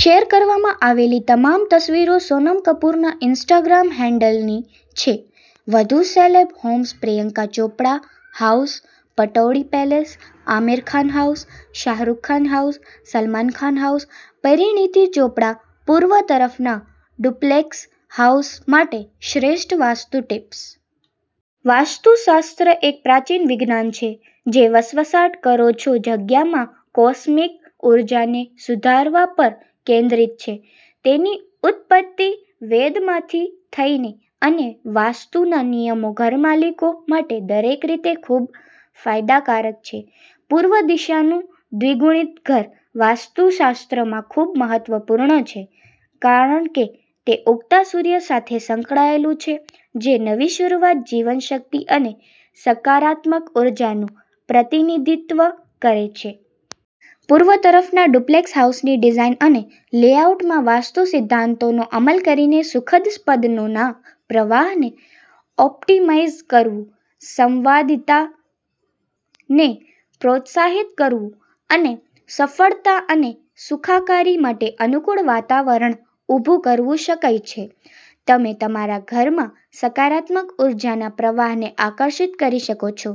Share કરવામાં આવેલી તમામ તસવીરો સોનમ કપૂરના ઈન્સ્ટાગ્રામ હેન્ડલની છે. વધુ celeb homes Priyanka Chopra house, Pataudi palace, Aamir Khan house, Shah Rukh Khan house, Salman Khan house, Parineeti Chopra. પૂર્વ તરફના ડુપ્લેક્સ હાઉસ માટે શ્રેષ્ઠ વાસ્તુ ટિપ્સ. વાસ્તુશાસ્ત્ર એક પ્રાચીન વિજ્ઞાન છે, જે વસવસાટ કરો છો જગ્યામાં કોસ્મિક ઊર્જાને સુધારવા પર કેન્દ્રિત છે. તેની ઉત્પત્તિ વેદમાંથી થઈ ને અને વાસ્તુના નિયમો ઘરમાલિકો માટે દરેક રીતે ખૂબ ફાયદાકારક છે. પૂર્વ દિશાનું દ્વિગુણિત ઘર વાસ્તુશાસ્ત્રમાં ખૂબ મહત્વપૂર્ણ છે કારણ કે તે ઉગતા સૂર્ય સાથે સંકળાયેલું છે, જે નવી શરૂઆત, જીવનશક્તિ અને સકારાત્મક ઊર્જાનું પ્રતિનિધિત્વ કરે છે. પૂર્વ તરફના ડુપ્લેક્સ હાઉસની ડિઝાઇન અને લેઆઉટમાં વાસ્તુ સિદ્ધાંતોનો અમલ કરીને, સુખદ સ્પદનોના પ્રવાહને ઑપ્ટિમાઇઝ કરવું, સંવાદિતાને પ્રોત્સાહિત કરવું અને સફળતા અને સુખાકારી માટે અનુકૂળ વાતાવરણ ઊભું કરવું શકય છે. તમે તમારા ઘરમાં સકારાત્મક ઊર્જાના પ્રવાહને આકર્ષિત કરી શકો છો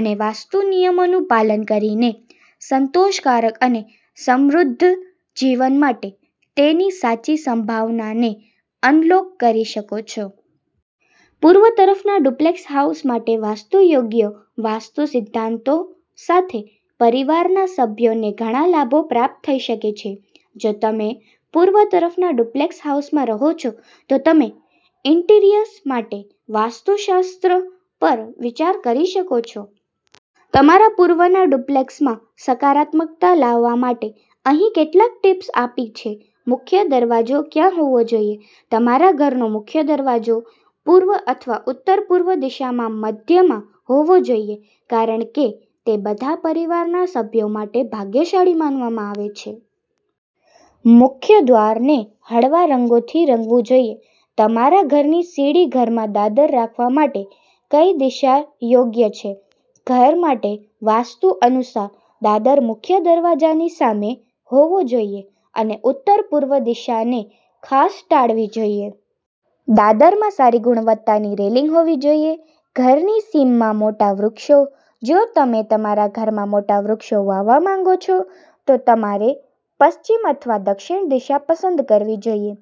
અને વાસ્તુ નિયમોનું પાલન કરીને સંતોષકારક અને સમૃદ્ધ જીવન માટે તેની સાચી સંભાવનાને અનલૉક કરી શકો છો. પૂર્વ તરફના ડુપ્લેક્સ હાઉસ માટે વાસ્તુ. યોગ્ય વાસ્તુ સિદ્ધાંતો સાથે, પરિવારના સભ્યોને ઘણા લાભો પ્રાપ્ત થઈ શકે છે. જો તમે પૂર્વ તરફના ડુપ્લેક્સ હાઉસમાં રહો છો, તો તમે ઈન્ટિરિયર્સ માટે વાસ્તુશાસ્ત્ર પર વિચાર કરી શકો છો. તમારા પૂર્વના ડુપ્લેક્સમાં સકારાત્મકતા લાવવા માટે અહીં કેટલા ટીપ્સ આપી છે. મુખ્ય દરવાજો ક્યાં હોવો જોઈએ? તમારા ઘરનો મુખ્ય દરવાજો પૂર્વ અથવા ઉત્તર-પૂર્વ દિશામાં મધ્યમાં હોવો જોઈએ કારણ કે તે બધા પરિવારના સભ્યો માટે ભાગ્યશાળી માનવામાં આવે છે. મુખ્ય દ્વારને હળવા રંગોથી રંગવું જોઈએ. તમારા ઘરની સીડી ઘરમાં દાદર રાખવા માટે કઈ દિશા યોગ્ય છે? ઘર માટે વાસ્તુ અનુસાર, દાદર મુખ્ય દરવાજાની સામે હોવો જોઈએ અને ઉત્તર-પૂર્વ દિશાને ખાસ ટાળવી જોઈએ. દાદરમાં સારી ગુણવત્તાની રેલિંગ હોવી જોઈએ. ઘરની સીમમાં મોટા વૃક્ષો. જો તમે તમારા ઘરમાં મોટા વૃક્ષો વાવવા માંગો છો, તો તમારે પશ્ચિમ અથવા દક્ષિણ દિશા પસંદ કરવી જોઈએ.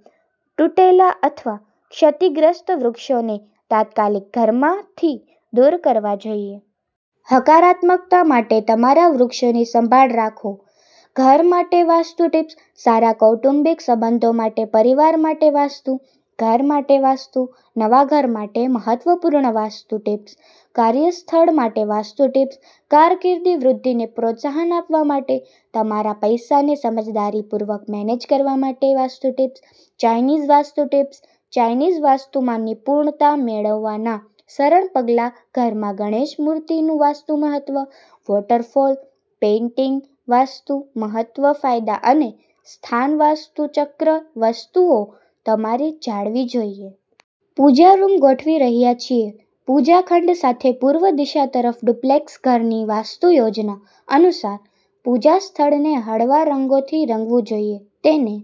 તૂટેલા અથવા ક્ષતિગ્રસ્ત વૃક્ષોને તાત્કાલિક ઘરમાંથી દૂર કરવા જોઈએ. હકારાત્મકતા માટે તમારા વૃક્ષોની સંભાળ રાખો. ઘર માટે વાસ્તુ ટિપ્સ. સારા કૌટુંબિક સંબંધો માટે પરિવાર માટે વાસ્તુ, ઘર માટે વાસ્તુ, નવા ઘર માટે મહત્વપૂર્ણ વાસ્તુ ટિપ્સ, કાર્યસ્થળ માટે વાસ્તુ ટિપ્સ, કારકિર્દી વૃદ્ધિને પ્રોત્સાહન આપવા માટે, તમારા પૈસાને સમજદારીપૂર્વક મેનેજ કરવા માટે vastu tips, Chinese vastu, Chinese વાસ્તુમાં નિપુણતા મેળવવાના સરળ પગલાં, ઘરમાં ગણેશ મૂર્તિનું વાસ્તુ મહત્વ, વોટરફોલ પેઇન્ટિંગ વાસ્તુ મહત્વ, ફાયદા અને સ્થાન, વાસ્તુ ચક્ર વસ્તુઓ તમારે જાળવી જોઈએ. પૂજા રૂમ ગોઠવી રહ્યા છીએ. પૂજા ખંડ સાથે પૂર્વ દિશા તરફ ડુપ્લેક્સ ઘરની વાસ્તુ યોજના અનુસાર, પૂજા સ્થળને હળવા રંગોથી રંગવું જોઈએ. તેને